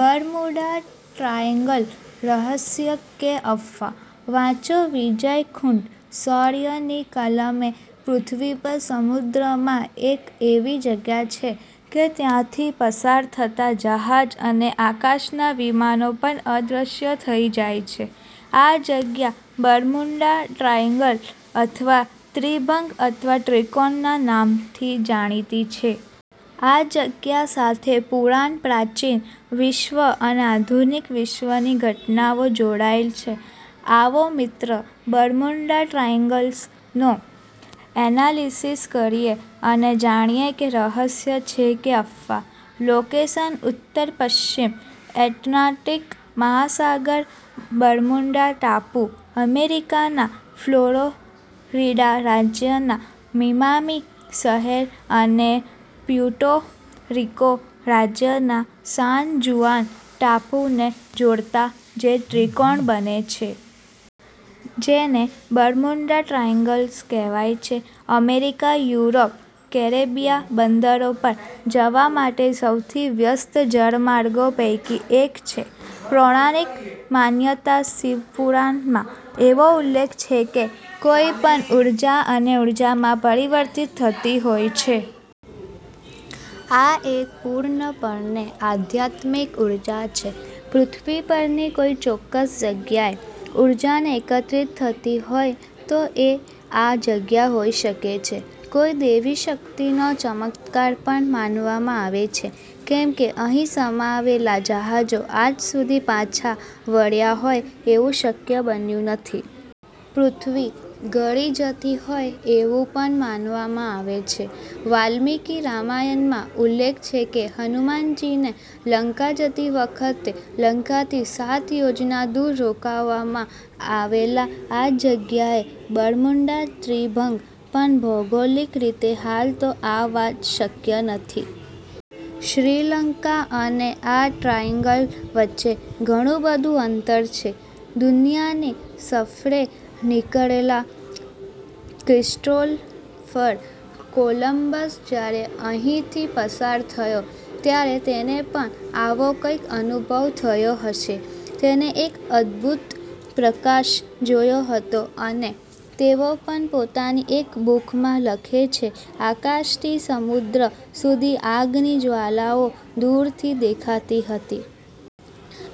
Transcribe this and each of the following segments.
Bermuda triangle રહસ્ય કે અફવા? વાંચો વિજય ખૂંટ "શોર્ય" ની કલમે પૃથ્વી પર સમુદ્રમાં એક એવી જગ્યા છે કે ત્યાથી પસાર થતા જહાજ અને આકાશના વિમાનો પણ અદ્રશ્ય થઇ જાય છે. આ જગ્યા બર્મુડા ટ્રાયેન્ગલ અથવા ત્રિભંગ અથવા ત્રિકોણના નામથી જાણીતી છે. આ જગ્યા સાથે પુરાણ, પ્રાચીન વિશ્વ અને આધુનીક વિશ્વની ઘટનાઓ જોડાયેલ છે. આવો મિત્રો બર્મુડા ટ્રાયેન્ગલનો એનાલીસીસ કરીએ અને જાણીએ કે રહસ્ય છે કે અફવા .લોકેશન ઉત્તર પશ્ચિમ એટલાન્ટીક મહાસાગર બર્મુડા ટાપુ, અમેરીકાના ફ્લોરિડા રાજ્યના મિયામી શહેર અને પ્યુર્ટો રીકો રાજ્યના સાન જુઆન ટાપૂ ને જોડતા જે ત્રીકોણ બને છે. જેને બર્મુડા ટ્રાએન્ગલ કહેવાય છે. અમેરીકા, યુરોપ, કેરેબિયા બંદરો પર જવા માટે સૌથી વ્યસ્ત જળમાર્ગો પેકી એક છે. પૌરાણીક માન્યતા શિવપુરાણમાં એવો ઉલ્લેખ છે કે કોઇ પણ ઉર્જા અન્ય ઉર્જામાં પરિવર્તિત થતી હોય છે. આ એક પુર્ણપણે આધ્યાત્મિક ઉર્જા છે. પૃથ્વી પરની કોઇ ચોક્કસ જગ્યાએ ઉર્જાએ એકત્રિત થતી હોય તો, એ આ જગ્યા હોઇ શકે છે. કોઇ દૈવી શક્તિનો ચમત્કાર પણ માનવામાં આવે છે કેમ કે અહિ સમાયેલા જહાજો આજ સુધી પાછા વળ્યાહોય એવુ શક્ય બન્યુ નથી. પૃથ્વી ગળી જતી હોય એવુ પણ માનવામાં આવે છે. વાલ્મીકી રામાયણમાં ઉલ્લેખ છે કે હનુમાનજીને લંકા જતી વખતે લંકાથી સાત યોજન દુર રોકવામાં આવેલા આ જગ્યાએ બર્મુડા ત્રિભંગ ,પણ ભૌગોલીક રીતે હાલ તો આ વાત શક્ય નથી. શ્રીલંકા અને આ ટ્રાયેન્ગલ વચ્ચે ઘણુ બધુ અંતર છે. દુનિયાની સફરે નિકળેલા ક્રિસ્ટોફર કોલંબસ જ્યારે અહિથી પસાર થયો ત્યારે તેને પણ આવો કઈક અનુભવ થયો હશે. તેણે એક અદ્રભુત પ્રકાશ જોયો હતો અને તેઓ પણ પોતાની એક બુકમાં લખે છે આકાશ થી સમુદ્ર સુધી આગની જવાળાઓ દુરથી દેખાતી હતી.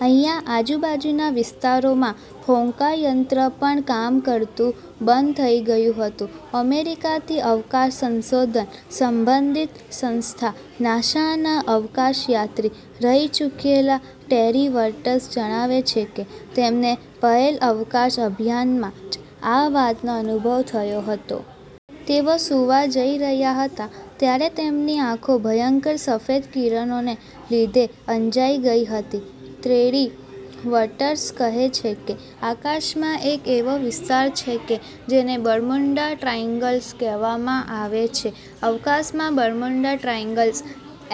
અહિના આજુબાજુના વિસ્તારોમાં હોકાયંત્ર પણ કામ કરતુ બંધ થઇ ગયુ હતુ. અમેરીકાની અવકાશ સંશોધન સંબંધિત સંસ્થા નાસાના અવકાશયાત્રી રહિ ચુકેલા ટેરી વર્ટસ જણાવે છે કે તેમને પહેલ અવકાશ અભિયાનમાં જ આ વાતનો અનુભવ થયો હતો. તેઓ સુવા જઈ રહ્યા હતા. ત્યારે તેમની આંખો ભયંકર સફેદ કિરણોને લીધે અંજાઇ ગઇ હતી. ટેરી વર્ટસ કહે છે કે આકાશમાં એક એવો વિસ્તાર છે કે, જેને બર્મુડા ટ્રાઇએન્ગલ કહેવામાં આવે છે. અવકાશમાં બર્મુડા ટ્રાઇએન્ગલ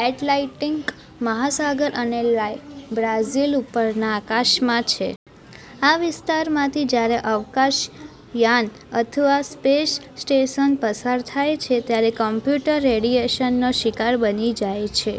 એટલાન્ટિક મહાસાગર અને બ્રાઝીલ ઉપરના આકાશમાં છે. આ વિસ્તારમાંથી જ્યારે અવકાશયાન અથવા સ્પેશ સ્ટેશન પસાર થાય છે. ત્યારે કમ્પ્યુટર રેડિએશનનો શિકાર બની જાય છે.